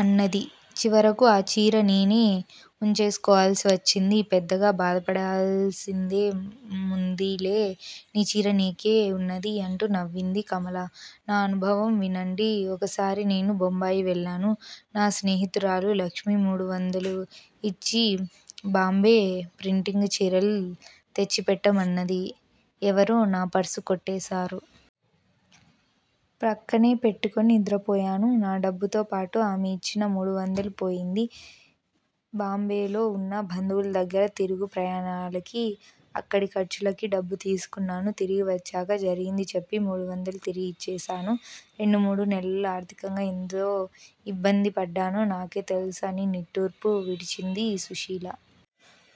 అన్నది. చివరకు ఆ చీర నేనే ఉంచేసుకోవాల్సివచ్చింది. పెద్దగా బాధపడాల్సిందేముందిలే నీ చీర నీకే ఉన్నది అంటూ నవ్వింది కమల. నా అనుభవం వినండి. ఒకసారి నేను బొంబాయి వెళ్ళాను. నా స్నేహితురాలు లక్ష్మి మూడువందలు ఇచ్చి బాంబే ప్రింటింగు చీరెలు తెచ్చిపెట్టమన్నది. ఎవరో నా పర్సు కొట్టేశారు. ప్రక్కనే పెట్టుకొని నిద్రపోయాను. నా డబ్బుతో పాటు ఆమె ఇచ్చిన మూడువందలు పోయింది. బాంబేలో ఉన్న బంధువుల దగ్గర తిరుగు ప్రయాణాలకీ అక్కడి ఖర్చులకి డబ్బు తీసుకున్నాను. తిరిగి వచ్చాక జరిగింది చెప్పి మూడువందలు తిరిగి ఇచ్చేశాను. రెండు మూడు నెలలు ఆర్థికంగా ఎంతో ఇబ్బంది పడ్డానో నాకే తెలుసు అని నిట్టూర్పు విడిచింది సుశీల.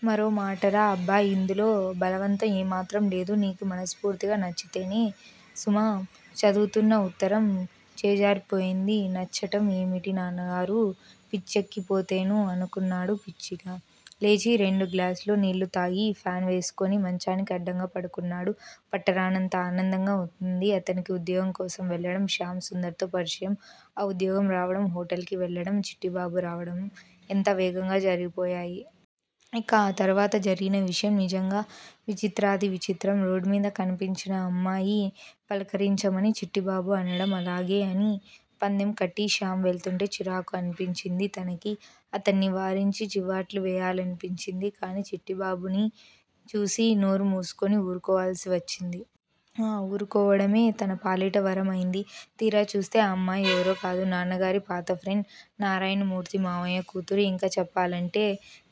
మరో మాటరా! అబ్బాయ్ ఇందులో బలవంతం ఏ మాత్రం లేదు. నీకు మనస్ఫూర్తిగా నచ్చితేనే సుమా! చదువుతున్న ఉత్తరం చేజారిపోయింది. నచ్చడం ఏమిటి నాన్నగారూ! పిచ్చెక్కిపోతెనూ! అనుకున్నాడు పిచ్చిగా. లేచి రెండు గ్లాసులు నీళ్ళు తాగి ఫాన్ వేసుకుని మంచానికి అడ్డంగా పడుకున్నాడు. పట్టరానంత ఆనందంగా ఉంది అతనికి ఉద్యోగం కోసం వెళ్ళడం శ్యామ్ సుందర్ తో పరిచయం ఆ ఉద్యోగం రావడం హొటల్ కి వెళ్ళడం చిట్టిబాబు రావడం ఎంత వేగంగా జరిగిపోయాయి? ఇక ఆ తరువాత జరిగిన విషయం నిజంగా విచిత్రాతి విచిత్రం. రోడ్ మీద కనిపించిన అమ్మాయిని పలకరించమని చిట్టిబాబు అనడం అలాగే అని పందెం కట్టి శ్యామ్ వెళ్తుంటే చిరాకు అనిపించింది తనకి. అతన్ని వారించి చివాట్లు వెయ్యాలనిపించింది. కానీ చిట్టిబాబుని చూసి నోరు మూసుకుని ఊరుకోవాల్సివచ్చింది. ఆ ఊరుకోవడమే తన పాలిట వరం అయింది. తీరా చూస్తే ఆ అమ్మాయి ఎవరో కాదు నాన్నగారి పాత ఫ్రెండ్ నారాయణమూర్తి మామయ్య కూతురు. ఇంకా చెప్పాలంటే!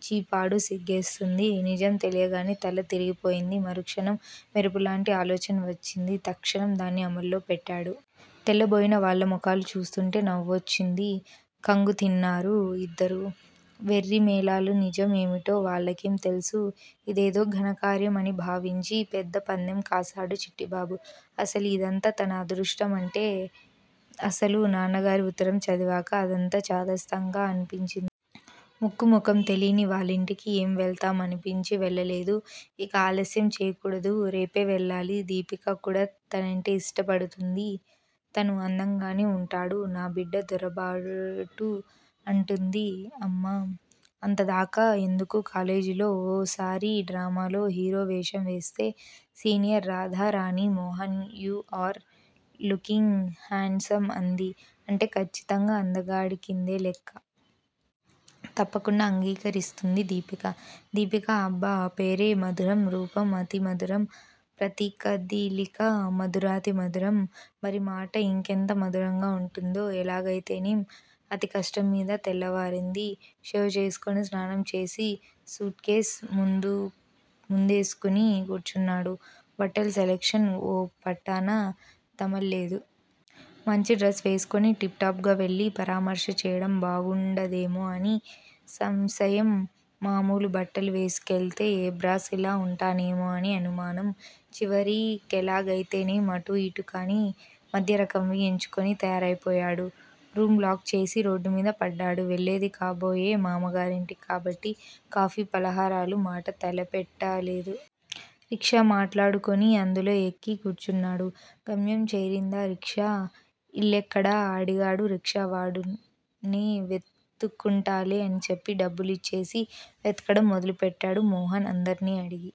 ఛీ పాడు సిగ్గేస్తుంది. నిజం తెలియగానే తల తిరిగిపోయింది. మరుక్షణం మెరుపులాంటి ఆలోచన వచ్చింది. తక్షణం దాన్ని అమల్లో పెట్టాడు. తెల్లబోయిన వాళ్ళ మొహాలు చూస్తుంటే నవ్వొచ్చింది. ఖంగు తిన్నారు ఇద్దరూ. వెర్రిమేళాలు నిజం ఏమిటో వాళ్ళకేం తెలుసు? ఇదేదో ఘనకార్యం అని భావించి పెద్ద పందెం కాశాడు చిట్టిబాబు. అసలు యిదంతా తన అదృష్టం అంటే అసలు నాన్నగారి ఉత్తరం చదివాక అదంతా చాదస్తంగా అనిపించింది. ముక్కు మొఖం తెలీయని వాళ్ళింటికి ఏం వెళ్తాం అనిపించి వెళ్ళలేదు. ఇక ఆలస్యం చెయ్యకూడదు. రేపే వెళ్ళాలి. దీపిక కూడా తనంటే ఇష్టపడుతుంది. తను అందంగానే ఉంటాడు. నా బిడ్డ దొరబాటు అంటుంది అమ్మ. అంతదాకా ఎందుకూ కాలేజీలో ఓ సారి డ్రామాలో హీరో వేషం వేస్తే senior Radharani Mohan you are looking handsome అంది అంటే ఖచ్చితంగా అందగాడి కిందే లెక్క. తప్పకుండా అంగీకరిస్తుంది దీపిక. దీపిక అబ్బ ఆ పేరే మధురం రూపం అతి మధురం ప్రతికదలికా మధురాతి మధురం. మరి మాట యింకెంత మధురంగా ఉంటుందో! ఎలాగైతేనేం అతికష్టంమీద తెల్లవారింది. షేవ్ చేసుకుని స్నానం చేసి సూట్ కేస్ ముందు ముందేసుకుని కూర్చున్నాడు. బట్టల సెలక్షన్ ఓ పట్టాన తమల్లేదు. మంచిడ్రస్ వేసుకుని టిప్ టాప్ గా వెళ్ళి పరామర్శ చెయ్యడం బాగుండదేమో అని సంశయం మామూలు బట్టలు వేసుకెళ్తే ఏబ్రాసిలా ఉంటానేమో అని అనుమానం. చివరికెలాగైతేనేం అటూ ఇటూ కానీ మధ్యరకంవి ఎంచుకుని తయారైపోయాడు. రూమ్ లాక్ చేసి రోడ్డుమీద పడ్డాడు. వెళ్ళేది కాబోయే మామగారింటికే కాబట్టి కాఫీ ఫలహారాల మాట తలపెట్టాలేదు. రిక్షా మాట్లాడుకుని అందులో ఎక్కి కూర్చున్నాడు. గమ్యం చేరింది రిక్షా. ఇల్లెక్కడ? అడిగాడు రిక్షావాడు నే వెతుక్కుంటాలే అని చెప్పి డబ్బులిచ్చేసి వెతకడం మొదలు పెట్టాడు మోహన్. అందర్నీ అడిగి